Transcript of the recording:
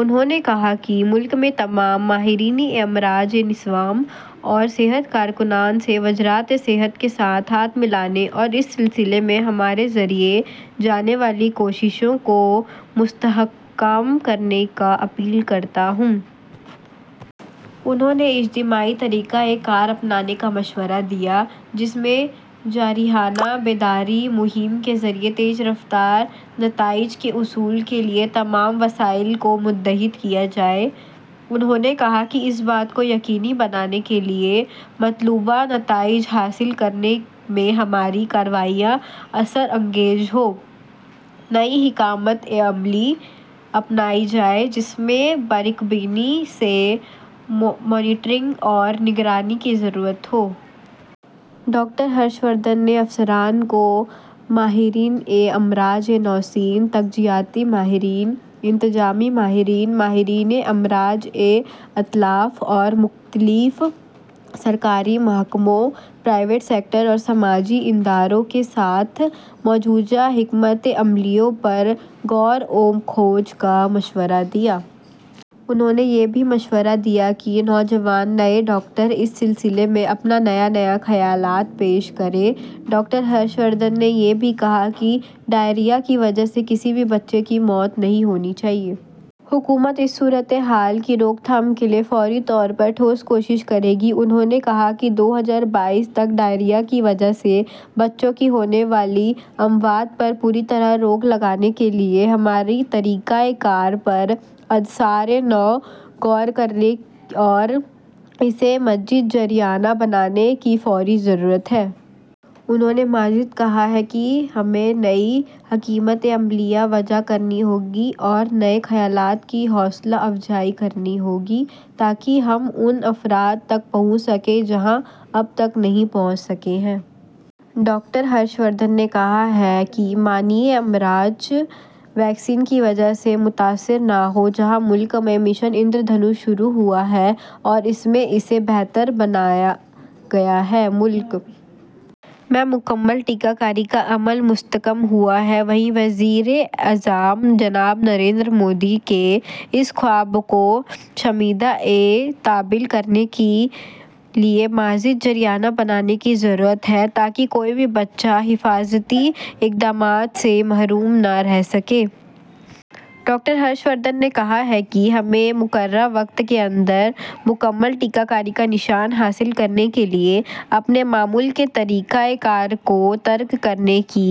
انہوں نے کہا کہ ''ملک میں تمام ماہرینِ امراضِ نسواں اور صحت کارکنان سے وزارتِ صحت کے ساتھ ہاتھ ملانے اور اس سلسلے میں ہمارے ذریعے کی جانے والی کوششوں کو مستحکم کرنے کی اپیل کرتا ہوں۔'' انہوں نے اجتماعی طریقۂ کار اپنانے کا مشورہ دیا، جس میں جارحانہ بیداری مہم کے ذریعے تیز رفتار نتائج کے حصول کے لیے تمام وسائل کو متحد کیا جائے۔ انہوں نے کہا کہ اس بات کو یقینی بنانے کے لیے کہ مطلوبہ نتائج حاصل کرنے میں ہماری کارروائیاں اثر انگیز ہوں، نئی حکمتِ عملی اپنائی جائے، جس میں باریک بینی سے مانیٹرنگ اور نگرانی کی ضرورت ہو۔ ڈاکٹر ہرش وردھن نے افسران کو ماہرینِ امراضِ نسواں، تغذیاتی ماہرین، انتظامی ماہرین، ماہرینِ امراضِ اطفال اور مختلف سرکاری محکموں، پرائیویٹ سیکٹر اور سماجی اداروں کے ساتھ مجوزہ حکمتِ عملیوں پر غور و خوض کا مشورہ دیا ہے۔ انہوں نے یہ بھی مشورہ دیا کہ نوجوان، نئے ڈاکٹر اس سلسلے میں اپنے نئے نئے خیالات پیش کریں۔ ڈاکٹر ہرش وردھن نے یہ بھی کہا کہ ڈائریا کی وجہ سے کسی بھی بچے کی موت نہیں ہونی چاہیے۔ حکومت اس صورتحال کی روک تھام کے لیے فوری طور پر ٹھوس کوششیں کرے گی۔ انہوں نے کہا کہ دو ہزار بائیس تک ڈائریا کی وجہ سے بچوں کی ہونے والی اموات پر پوری طرح روک لگانے کے لیے ہمارے طریقۂ کار پر ازسرِنو غور کرنے اور اسے مزید جارحانہ بنانے کی فوری ضرورت ہے۔ انہوں نے مزید کہا کہ ہمیں نئی حکمتِ عملیاں وضع کرنی ہوں گی اور نئے خیالات کی حوصلہ افزائی کرنی ہوگی، تاکہ ہم ان افراد تک پہنچ سکیں جہاں اب تک نہیں پہنچ سکے ہیں۔ ڈاکٹر ہرش وردھن نے کہا کہ مانع امراض ویکسین کی وجہ سے متاثر نہ ہو۔ جہاں ملک میں مشن اندر دھنش شروع ہوا ہے اور اس میں اسے بہتر بنایا گیا ہے، ملک میں مکمل ٹیکہ کاری کا عمل مستحکم ہوا ہے، وہیں وزیراعظم جناب نریندر مودی کے اس خواب کو شرمندۂ تعبیر کرانے کے لیے اسے مزید جارحانہ بنانے کی ضرورت ہے، تاکہ کوئی بھی بچہ حفاظتی اقدامات سے محروم نہ رہ سکے۔ ڈاکٹر ہرش وردھن نے کہا کہ ہمیں مقررہ وقت کے اندر مکمل ٹیکہ کاری کا نشانہ حاصل کرنے کے لیے اپنے معمول کے طریقۂ کار کو ترک کرنے کی